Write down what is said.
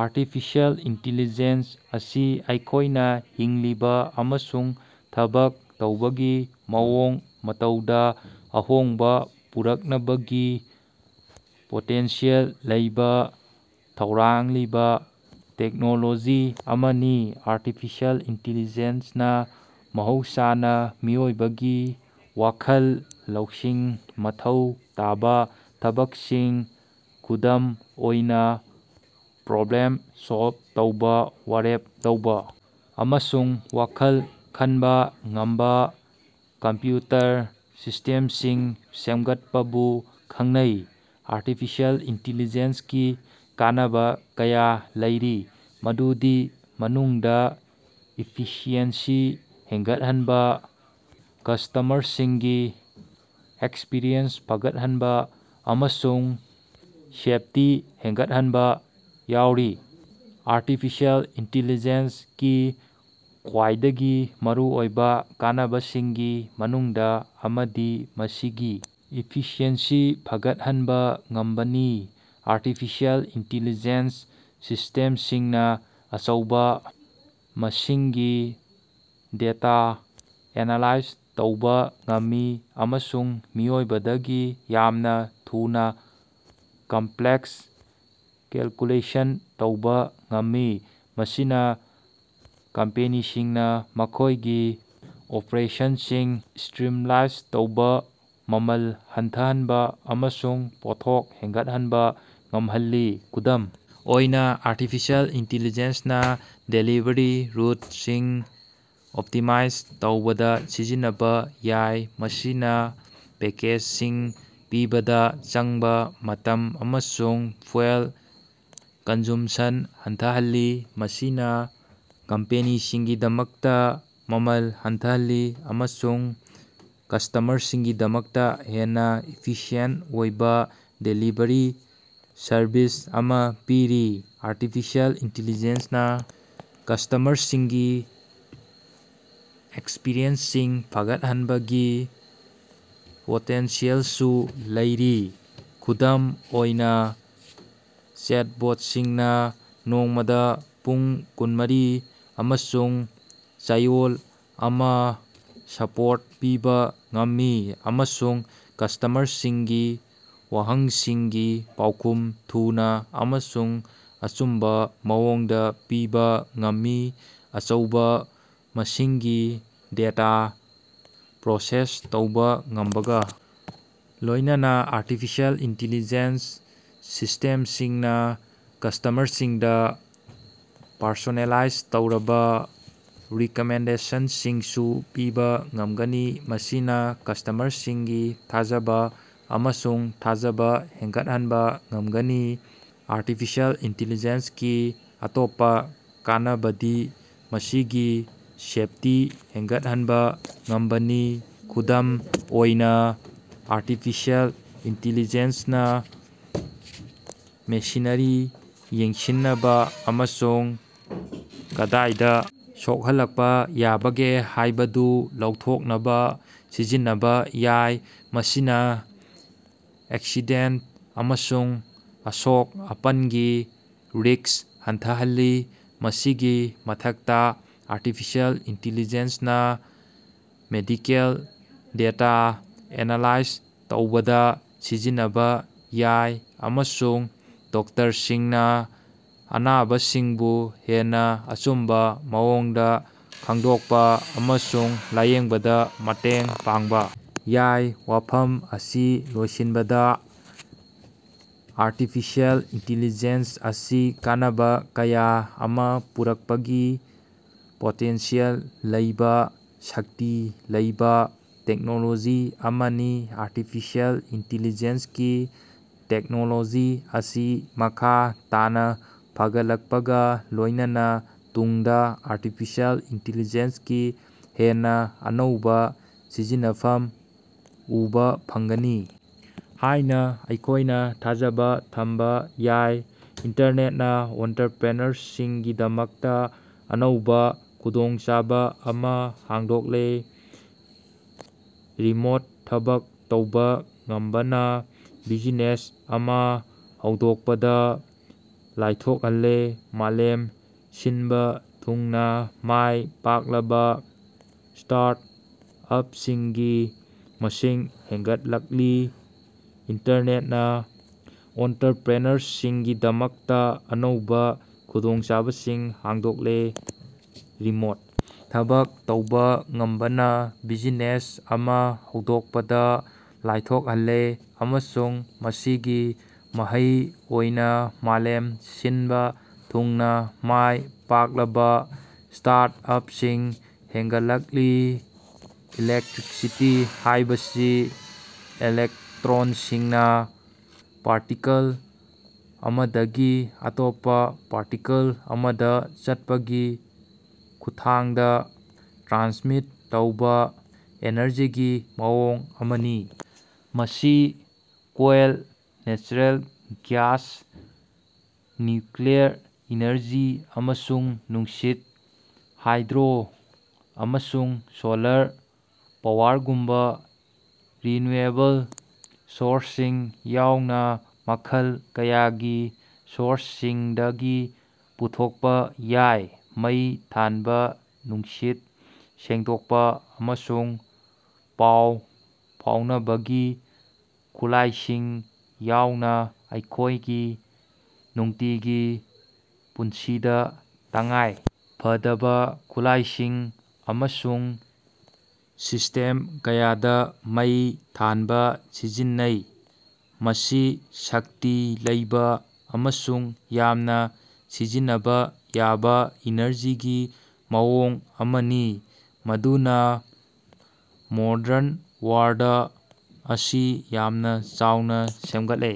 Artificial intelligence ꯑꯁꯤ ꯑꯩꯈꯣꯏꯅ ꯍꯤꯡꯂꯤꯕ ꯑꯃꯁꯨꯡ ꯊꯕꯛ ꯇꯧꯕꯒꯤ ꯃꯑꯣꯡ ꯃꯇꯧꯗ ꯑꯍꯣꯡꯕ ꯄꯨꯔꯛꯅꯕꯒꯤ ꯄꯣꯇꯦꯟꯁꯤꯌꯦꯜ ꯂꯩꯕ ꯊꯧꯔꯥꯡꯂꯤꯕ ꯇꯦꯛꯅꯣꯂꯣꯖꯤ ꯑꯃꯅꯤ꯫ ꯑꯥꯔꯇꯤꯐꯤꯁꯤꯌꯦꯜ ꯏꯟꯇꯦꯂꯤꯖꯦꯟꯁꯅ ꯃꯍꯧꯁꯥꯅ ꯃꯤꯑꯣꯏꯕꯒꯤ ꯋꯥꯈꯜ ꯂꯧꯁꯤꯡ ꯃꯊꯧ ꯇꯥꯕ ꯊꯕꯛꯁꯤꯡ, ꯈꯨꯗꯝ ꯑꯣꯏꯅ ꯄ꯭ꯔꯣꯕ꯭ꯂꯦꯝ ꯁꯣꯜꯚ ꯇꯧꯕ, ꯋꯥꯔꯦꯞ ꯂꯧꯕ, ꯑꯃꯁꯨꯡ ꯋꯥꯈꯜ ꯈꯟꯕ ꯉꯝꯕ ꯀꯝꯄ꯭ꯌꯨꯇꯔ ꯁꯤꯁꯇꯦꯝꯁꯤꯡ ꯁꯦꯝꯒꯠꯄꯕꯨ ꯈꯪꯅꯩ꯫ ꯑꯥꯔꯇꯤꯐꯤꯁꯤꯑꯦꯜ ꯏꯟꯇꯦꯂꯤꯖꯦꯟꯁꯀꯤ ꯀꯥꯟꯅꯕ ꯀꯌꯥ ꯂꯩꯔꯤ꯫ ꯃꯗꯨꯒꯤ ꯃꯅꯨꯡꯗ ꯏꯐꯤꯁꯤꯑꯦꯟꯁꯤ ꯍꯦꯟꯒꯠꯍꯟꯕ, ꯀꯁꯇꯃꯔꯁꯤꯡꯒꯤ ꯑꯦꯛꯁꯄꯤꯔꯤꯌꯦꯟꯁ ꯐꯒꯠꯍꯟꯕ, ꯑꯃꯁꯨꯡ ꯁꯦꯐꯇꯤ ꯍꯦꯟꯒꯠꯍꯟꯕ ꯌꯥꯎꯔꯤ꯫ ꯑꯥꯔꯇꯤꯐꯤꯁꯤꯌꯦꯜ ꯏꯟꯇꯦꯂꯤꯖꯦꯟꯁ ꯀꯤ ꯈ꯭ꯋꯥꯏꯗꯒꯤ ꯃꯔꯨꯑꯣꯏꯕ ꯀꯥꯟꯅꯕꯁꯤꯡꯒꯤ ꯃꯅꯨꯡꯗ ꯑꯃꯗꯤ ꯃꯁꯤꯒꯤ ꯏꯐꯤꯁꯤꯑꯦꯟꯁꯤ ꯐꯒꯠꯍꯟꯕ ꯉꯝꯕꯅꯤ꯫ ꯑꯥꯔꯇꯤꯐꯤꯁꯤꯌꯦꯜ ꯏꯟꯇꯦꯂꯤꯖꯦꯟꯁ ꯁꯤꯁꯇꯦꯝꯁꯤꯡꯅ ꯑꯆꯧꯕ ꯃꯁꯤꯡꯒꯤ ꯗꯦꯇꯥ ꯑꯦꯅꯂꯥꯏꯖ ꯇꯧꯕ ꯉꯝꯃꯤ ꯑꯃꯁꯨꯡ ꯃꯤꯑꯣꯏꯕꯗꯒꯤ ꯌꯥꯝꯅ ꯊꯨꯅ ꯀꯝꯄ꯭ꯂꯦꯛꯁ ꯀꯦꯜꯀꯨꯂꯦꯁꯟꯁꯤꯡ ꯇꯧꯕ ꯉꯝꯃꯤ꯫ ꯃꯁꯤꯅ ꯀꯝꯄꯦꯅꯤꯁꯤꯡꯅ ꯃꯈꯣꯏꯒꯤ ꯑꯣꯄꯔꯦꯁꯟꯁꯤꯡ ꯁ꯭ꯇꯔꯤꯝꯂꯥꯏꯟ ꯇꯧꯕ, ꯃꯃꯜ ꯍꯟꯊꯍꯟꯕ ꯑꯃꯁꯨꯡ ꯄꯣꯠꯊꯣꯛ ꯍꯦꯟꯒꯠꯍꯟꯕ ꯉꯝꯍꯜꯂꯤ꯫ ꯈꯨꯗꯝ ꯑꯣꯏꯅ, ꯑꯥꯔꯇꯤꯐꯤꯁꯤꯌꯦꯜ ꯏꯟꯇꯦꯂꯤꯖꯦꯟꯁꯅ ꯗꯦꯂꯤꯚꯔꯤ ꯔꯨꯠꯁꯤꯡ ꯑꯣꯞꯇꯤꯃꯥꯏꯖ ꯇꯧꯕꯗ ꯁꯤꯖꯤꯟꯅꯕ ꯌꯥꯏ꯫ ꯃꯁꯤꯅ ꯄꯦꯀꯦꯖꯁꯤꯡ ꯄꯤꯕꯗ ꯆꯪꯕ ꯃꯇꯝ ꯑꯃꯁꯨꯡ ꯐ꯭ꯌꯨꯑꯦꯜ ꯀꯟꯖ꯭ꯌꯨꯝꯄꯁꯟ ꯍꯟꯊꯍꯜꯂꯤ꯫ ꯃꯁꯤꯅ ꯀꯝꯄꯦꯅꯤꯁꯤꯡꯒꯤꯗꯃꯛꯇ ꯃꯃꯜ ꯍꯟꯊꯍꯜꯂꯤ ꯑꯃꯁꯨꯡ ꯀꯁꯇꯃꯔꯁꯤꯡꯒꯤꯗꯃꯛꯇ ꯍꯦꯟꯅ ꯏꯐꯤꯁꯤꯌꯦꯟꯇ ꯑꯣꯏꯕ ꯗꯦꯂꯤꯚꯔꯤ ꯁꯔꯚꯤꯁ ꯑꯃ ꯄꯤꯔꯤ꯫ ꯑꯥꯔꯇꯤꯐꯤꯁꯤꯌꯦꯜ ꯏꯟꯇꯦꯂꯤꯖꯦꯟꯁꯅ ꯀꯁꯇꯃꯔꯁꯤꯡꯒꯤ ꯑꯦꯛꯁꯄꯤꯔꯤꯌꯦꯟꯁꯁꯤꯡ ꯐꯒꯠꯍꯟꯕꯒꯤ ꯄꯣꯇꯦꯟꯁꯤꯌꯦꯜꯁꯨ ꯂꯩꯔꯤ꯫ ꯈꯨꯗꯝ ꯑꯣꯏꯅ, ꯆꯦꯠꯕꯣꯠꯁꯤꯡꯅ ꯅꯣꯡꯃꯗ ꯄꯨꯡ ꯀꯨꯟꯃꯔꯤ ꯑꯃꯥꯁꯨꯡ ꯆꯌꯣꯜ ꯑꯃ ꯁꯄꯣꯔꯠ ꯄꯤꯕ ꯉꯝꯃꯤ ꯑꯃꯁꯨꯡ ꯀꯁꯇꯃꯔꯁꯤꯡꯒꯤ ꯋꯥꯍꯪꯁꯤꯡꯒꯤ ꯄꯥꯎꯈꯨꯝ ꯊꯨꯅ ꯑꯃꯁꯨꯡ ꯑꯆꯨꯝꯕ ꯃꯑꯣꯡꯗ ꯄꯤꯕ ꯉꯝꯃꯤ꯫ ꯑꯆꯧꯕ ꯃꯁꯤꯡꯒꯤ ꯗꯦꯇꯥ ꯄ꯭ꯔꯣꯁꯦꯁ ꯇꯧꯕ ꯉꯝꯕꯒ ꯂꯣꯏꯅꯅ ꯑꯥꯔꯇꯤꯐꯤꯁꯤꯌꯦꯜ ꯏꯟꯇꯦꯂꯤꯖꯦꯟꯁ ꯁꯤꯁꯇꯦꯝꯁꯤꯡꯅ ꯀꯁꯇꯃꯔꯁꯤꯡꯗ ꯄꯔꯁꯣꯅꯦꯜꯂꯥꯏꯖ ꯇꯧꯔꯕ ꯔꯤꯀꯃꯦꯟꯗꯦꯁꯟꯁꯤꯡꯁꯨ ꯄꯤꯕ ꯉꯝꯒꯅꯤ꯫ ꯃꯁꯤꯅ ꯀꯁꯇꯃꯔꯁꯤꯡꯒꯤ ꯊꯥꯖꯕ ꯑꯃꯁꯨꯡ ꯊꯥꯖꯕ ꯍꯦꯟꯒꯠꯍꯟꯕ ꯉꯝꯒꯅꯤ꯫ ꯑꯥꯔꯇꯤꯐꯤꯁꯤꯌꯦꯜ ꯏꯟꯇꯦꯂꯤꯖꯦꯟꯁꯀꯤ ꯑꯇꯣꯞꯄ ꯀꯥꯟꯅꯕꯗꯤ ꯃꯁꯤꯒꯤ ꯁꯦꯐꯇꯤ ꯍꯦꯟꯒꯠꯍꯟꯕ ꯉꯝꯕꯅꯤ꯫ ꯈꯨꯗꯝ ꯑꯣꯏꯅ, ꯑꯥꯔꯇꯤꯐꯤꯁꯤꯌꯦꯜ ꯏꯟꯇꯦꯟꯂꯤꯖꯦꯟꯁꯅ ꯃꯦꯁꯤꯅꯔꯤ ꯌꯦꯡꯁꯤꯟꯅꯕ ꯑꯃꯁꯨꯡ ꯀꯗꯥꯏꯗ ꯁꯣꯛꯍꯜꯂꯛꯄ ꯌꯥꯕꯒꯦ ꯍꯥꯏꯕꯗꯨ ꯂꯧꯊꯣꯛꯅꯕ ꯁꯤꯖꯤꯟꯅꯕ ꯌꯥꯏ꯫ ꯃꯁꯤꯅ ꯑꯦꯛꯁꯤꯗꯦꯟꯇ ꯑꯃꯁꯨꯡ ꯑꯁꯣꯛ-ꯑꯄꯟꯒꯤ ꯔꯤꯁ꯭ꯛ ꯍꯟꯊꯍꯜꯂꯤ꯫ ꯃꯁꯤꯒꯤ ꯃꯊꯛꯇ, ꯑꯥꯔꯇꯤꯐꯤꯁꯤꯌꯦꯜ ꯏꯟꯇꯦꯂꯤꯖꯦꯟꯁꯅ ꯃꯦꯗꯤꯀꯜ ꯗꯦꯇꯥ ꯑꯦꯅꯂꯥꯏꯖ ꯇꯧꯕꯗ ꯁꯤꯖꯤꯟꯅꯕ ꯌꯥꯏ ꯑꯃꯁꯨꯡ ꯗꯣꯛꯇꯔꯁꯤꯡꯅ ꯑꯅꯥꯕꯁꯤꯡꯕꯨ ꯍꯦꯟꯅ ꯑꯆꯨꯝꯕ ꯃꯑꯣꯡꯗ ꯈꯪꯗꯣꯛꯄ ꯑꯃꯁꯨꯡ ꯂꯥꯌꯦꯡꯕꯗ ꯃꯇꯦꯡ ꯄꯥꯡꯕ ꯌꯥꯏ꯫ ꯋꯥꯐꯝ ꯑꯁꯤ ꯂꯣꯏꯁꯤꯟꯕꯗ ꯑꯥꯔꯇꯤꯐꯤꯁꯤꯑꯦꯜ ꯏꯟꯇꯦꯂꯤꯖꯦꯟꯁ ꯑꯁꯤ ꯀꯥꯟꯅꯕ ꯀꯌꯥ ꯑꯃ ꯄꯨꯔꯛꯄꯒꯤ ꯄꯣꯇꯦꯟꯁꯤꯌꯦꯜ ꯂꯩꯕ ꯁꯛꯇꯤ ꯂꯩꯕ ꯇꯦꯛꯅꯣꯂꯣꯖꯤ ꯑꯃꯅꯤ꯫ ꯑꯥꯔꯇꯤꯐꯤꯁꯤꯌꯦꯜ ꯏꯟꯇꯦꯂꯤꯖꯦꯟꯁꯀꯤ ꯇꯦꯛꯅꯣꯂꯣꯖꯤ ꯑꯁꯤ ꯃꯈꯥ ꯇꯥꯅ ꯐꯒꯠꯂꯛꯄꯒ ꯂꯣꯏꯅꯅ ꯇꯨꯡꯗ ꯑꯥꯔꯇꯤꯐꯤꯁꯤꯌꯦꯜ ꯏꯟꯇꯦꯂꯤꯖꯦꯟꯁꯀꯤ ꯍꯦꯟꯅ ꯑꯅꯧꯕ ꯁꯤꯖꯤꯟꯅꯐꯝ ꯎꯕ ꯐꯪꯒꯅꯤ ꯍꯥꯏꯅ ꯑꯩꯈꯣꯏꯅ ꯊꯥꯖꯕ ꯊꯝꯕ ꯌꯥꯏ꯫ ꯏꯟꯇꯔꯅꯦꯠꯅ ꯑꯣꯟꯇꯔꯄ꯭ꯔꯦꯅꯔꯁꯤꯡꯒꯤꯗꯃꯛꯇ ꯑꯅꯧꯕ ꯈꯨꯗꯣꯡꯆꯥꯕ ꯑꯃ ꯍꯥꯡꯗꯣꯛꯂꯦ꯫ ꯔꯤꯃꯣꯠ ꯊꯕꯛ ꯇꯧꯕ ꯉꯝꯕꯅ ꯕꯤꯖꯤꯅꯦꯁ ꯑꯃ ꯍꯧꯗꯣꯛꯄꯗ ꯂꯥꯏꯊꯣꯛꯍꯜꯂꯦ꯫ ꯃꯥꯂꯦꯝ ꯁꯤꯟꯕ ꯊꯨꯡꯅ ꯃꯥꯏ ꯄꯥꯛꯂꯕ ꯁ꯭ꯇꯥꯔꯠ-ꯑꯞꯁꯤꯡꯒꯤ ꯃꯁꯤꯡ ꯍꯦꯟꯒꯠꯂꯛꯂꯤ꯫ ꯏꯟꯇꯔꯅꯦꯠꯅ ꯑꯣꯟꯇꯔꯄ꯭ꯔꯦꯅꯔꯁꯤꯡꯒꯤꯗꯃꯛꯇ ꯑꯅꯧꯕ ꯈꯨꯗꯣꯡꯆꯥꯕꯁꯤꯡ ꯍꯥꯡꯗꯣꯛꯂꯦ꯫ ꯔꯤꯃꯣꯠ ꯊꯕꯛ ꯇꯧꯕ ꯉꯝꯕꯅ ꯕꯤꯖꯤꯅꯦꯁ ꯑꯃ ꯍꯧꯗꯣꯛꯄꯗ ꯂꯥꯏꯊꯣꯛꯍꯜꯂꯦ ꯑꯃꯁꯨꯡ ꯃꯁꯤꯒꯤ ꯃꯍꯩ ꯑꯣꯏꯅ ꯃꯥꯂꯦꯝ ꯁꯤꯟꯕ ꯊꯨꯡꯅ ꯃꯥꯏ ꯄꯥꯛꯂꯕ ꯁ꯭ꯇꯥꯔꯠ-ꯑꯞꯁꯤꯡ ꯍꯦꯟꯒꯠꯂꯛꯂꯤ꯫ ꯏꯂꯦꯛꯇ꯭ꯔꯤꯁꯤꯇꯤ ꯍꯥꯏꯕꯁꯤ ꯏꯂꯦꯛꯇ꯭ꯔꯣꯟꯁꯤꯡꯅ ꯄꯥꯔꯇꯤꯀꯜ ꯑꯃꯗꯒꯤ ꯑꯇꯣꯞꯄ ꯄꯥꯔꯇꯤꯀꯜ ꯑꯃꯗ ꯆꯠꯄꯒꯤ ꯈꯨꯠꯊꯥꯡꯗ ꯇ꯭ꯔꯥꯟꯁꯃꯤꯠ ꯇꯧꯕ ꯑꯦꯅꯔꯖꯤꯒꯤ ꯃꯑꯣꯡ ꯑꯃꯅꯤ꯫ ꯃꯁꯤ coal, natural gas, nuclear energy ꯑꯃꯁꯨꯡ ꯅꯨꯡꯁꯤꯠ, ꯍꯥꯏꯗ꯭ꯔꯣ, ꯑꯃꯁꯨꯡ ꯁꯣꯂꯔ ꯄꯥꯋꯔꯒꯨꯝꯕ ꯔꯤꯅ꯭ꯌꯨꯑꯦꯕꯜ ꯁꯣꯔꯁꯁꯤꯡ ꯌꯥꯎꯅ ꯃꯈꯜ ꯀꯌꯥꯒꯤ ꯁꯣꯔꯁꯁꯤꯡꯗꯒꯤ ꯄꯨꯊꯣꯛꯄ ꯌꯥꯏ꯫ ꯃꯩ ꯊꯥꯟꯕ, ꯅꯨꯡꯁꯤꯠ ꯁꯦꯡꯗꯣꯛꯄ ꯑꯃꯁꯨꯡ ꯄꯥꯎ ꯐꯥꯎꯅꯕꯒꯤ ꯈꯨꯠꯂꯥꯏꯁꯤꯡ ꯌꯥꯎꯅ ꯑꯩꯈꯣꯏꯒꯤ ꯅꯨꯡꯇꯤꯒꯤ ꯄꯨꯟꯁꯤꯗ ꯇꯉꯥꯏ ꯐꯗꯕ ꯈꯨꯠꯂꯥꯏꯁꯤꯡ ꯑꯃꯁꯨꯡ ꯁꯤꯁꯇꯦꯝ ꯀꯌꯥꯗ ꯃꯩ ꯊꯥꯟꯕ ꯁꯤꯖꯤꯟꯅꯩ꯫ ꯃꯁꯤ ꯁꯛꯇꯤ ꯂꯩꯕ ꯑꯃꯁꯨꯡ ꯌꯥꯝꯅ ꯁꯤꯖꯤꯟꯅꯕ ꯌꯥꯕ ꯏꯅꯔꯖꯤꯒꯤ ꯃꯑꯣꯡ ꯑꯃꯅꯤ ꯃꯗꯨꯅ ꯃꯣꯗꯔꯟ ꯋꯥꯔꯜꯗ ꯑꯁꯤ ꯌꯥꯝꯅ ꯆꯥꯎꯅ ꯁꯦꯝꯒꯠꯂꯦ꯫